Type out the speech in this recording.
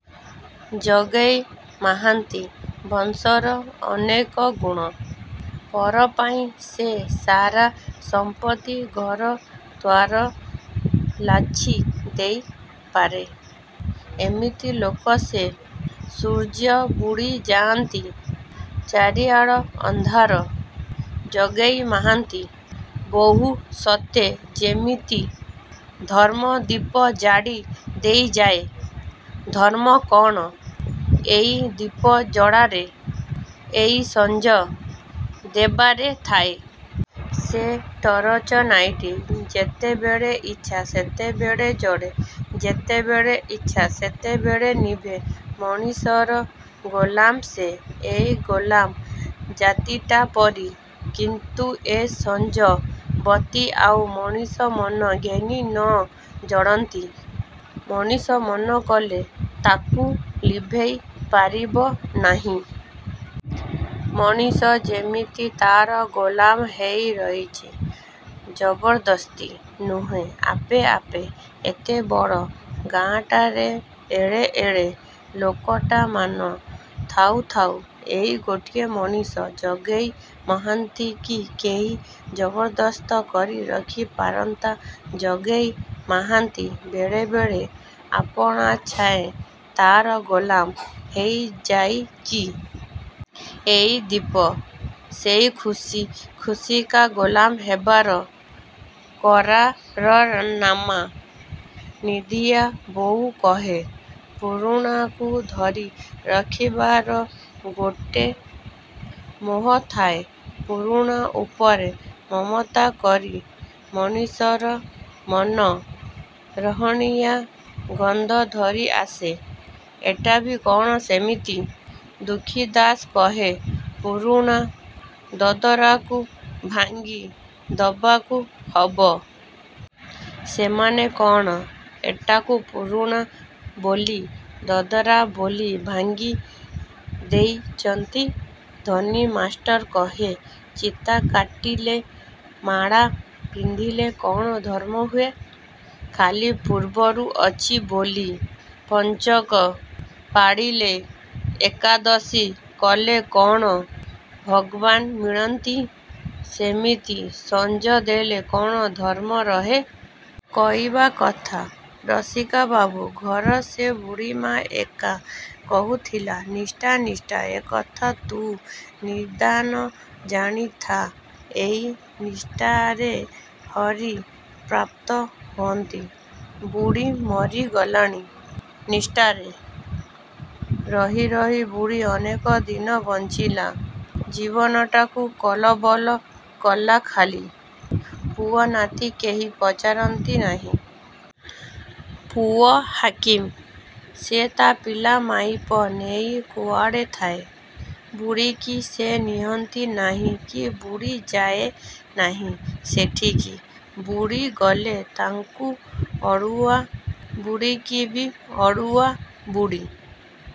ଜଗେଇ ମାହାନ୍ତି ବଂଶର ଅନେକ ଗୁଣ। ପରପାଇଁ ସେ ସାରା ସମ୍ପତ୍ତି ଘର ଦ୍ୱାର ଲାଛି ଦେଇପାରେ। ଏମିତି ଲୋକ ସେ। ସୂର୍ଯ୍ୟ ବୁଡ଼ି ଯାଆନ୍ତି। ଚାରିଆଡ଼ ଅନ୍ଧାର। ଜଗେଇ ମାହାନ୍ତି ବହୂ ସତେ ଯେମିତି ଧର୍ମଦୀପ ଜାଡି ଦେଇଯାଏ। ଧର୍ମ କ'ଣ ଏଇ ଦୀପ ଜଳାରେ–ଏଇ ସଞ୍ଜ ଦେବାରେ ଥାଏ? ସେ ଟରଚନାଇଟି ଯେତେବେଳେ ଇଚ୍ଛା ସେତେବେଳେ ଜଡେ ଯେତେବେଳେ ଇଚ୍ଛା ସେତେବେଳେ ନିଭେ। ମଣିଷର ଗୋଲାମ ସେ। ଏଇ ଗୋଲାମ ଜାତିଟା ପରି। କିନ୍ତୁ ଏ ସଞ୍ଜ ବତି ଆଉ ମଣିଷ ମନ ଘେନି ନ ଜଡନ୍ତି। ମଣିଷ ମନ କଲେ ତାକୁ ଲିଭେଇ ପାରିବ ନାହିଁ। ମଣିଷ ଯେମିତି ତା'ର ଗୋଲାମ ହେଇ ରହିଛି–ଜବରଦସ୍ତି ନୁହେଁ–ଆପେ ଆପେ। ଏତେବଡ଼ ଗାଁଟାରେ ଏଡ଼େ ଏଡ଼େ ଲୋକଟାମାନ ଥାଉ ଥାଉ ଏଇ ଗୋଟିଏ ମଣିଷ ଜଗେଇ ମହାନ୍ତି କି କେହି ଜବରଦସ୍ତ କରି ରଖି ପାରନ୍ତା? ଜଗେଇ ମାହାନ୍ତି ବଳେ ବଳେ ଆପଣାଛାଏଁ ତା'ର ଗୋଲାମ ହେଇଯାଇଚି। ଏଇ ଦୀପ ସେଇ ଖୁସି ଖୁସିକା ଗୋଲାମ ହେବାର କରାରନାମା। ନିଧିଆ ବୋଉ କହେ–ପୁରୁଣାକୁ ଧରି ରଖିବାର ଗୋଟେ ମୋହ ଥାଏ। ପୁରୁଣା ଉପରେ ମମତା କରି ମଣିଷର ମନ ରହଣିଆ ଗନ୍ଧ ଧରି ଆସେ। ଏଟାବି କ'ଣ ସେମିତି? ଦୁଃଖୀଦାଶ କହେ–ପୁରୁଣା ଦଦରାକୁ ଭାଙ୍ଗି ଦବାକୁ ହବ। ସେମାନେ କ'ଣ ଏଟାକୁ ପୁରୁଣା ବୋଲି, ଦଦରା ବୋଲି ଭାଙ୍ଗି ଦେଇଚନ୍ତି? ଧନୀ ମାଷ୍ଟର କହେ–ଚିତାକାଟିଲେ, ମାଳା ପିନ୍ଧିଲେ, କ'ଣ ଧର୍ମ ହୁଏ? ଖାଲି ପୂର୍ବରୁ ଅଛି ବୋଲି ପଞ୍ଚକ ପାଡିଲେ, ଏକାଦଶୀ କଲେ କ'ଣ ଭଗବାନ୍ ମିଳନ୍ତି? ସେମିତି ସଞ୍ଜ ଦେଲେ କ'ଣ ଧର୍ମ ରହେ? କହିବା କଥା। ରସିକାବାବୁ ଘର ସେ ବୁଢ଼ୀମା ଏକା କହୁଥିଲା–''ନିଷ୍ଠା–ନିଷ୍ଠା–ଏ କଥା ତୁ ନିଦାନ ଜାଣିଥା–ଏଇ ନିଷ୍ଠାରେ ହରି ପ୍ରାପ୍ତ ହୁଅନ୍ତି। '' ବୁଢ଼ୀ ମରିଗଲାଣି। ନିଷ୍ଠାରେ ରହି ରହି ବୁଢ଼ୀ ଅନେକ ଦିନ ବଞ୍ଚିଲା–ଜୀବନଟାକୁ କଲବଲ କଲା ଖାଲି। ପୁଅ ନାତି କେହି ପଚାରନ୍ତି ନାହିଁ। ପୁଅ ହାକିମ। ସେ ତା' ପିଲାମାଇପ ନେଇ କୁଆଡ଼େ ଥାଏ। ବୁଢ଼ୀକି ସେ ନିଅନ୍ତି ନାହିଁ କି ବୁଢ଼ୀ ଯାଏ ନାହିଁ ସେଠିକି। ବୁଢ଼ୀ ଗଲେ ତାଙ୍କୁ ଅଡ଼ୁଆ, ବୁଢ଼ୀକିବି ଅଡ଼ୁଆ। ବୁଢ଼ୀ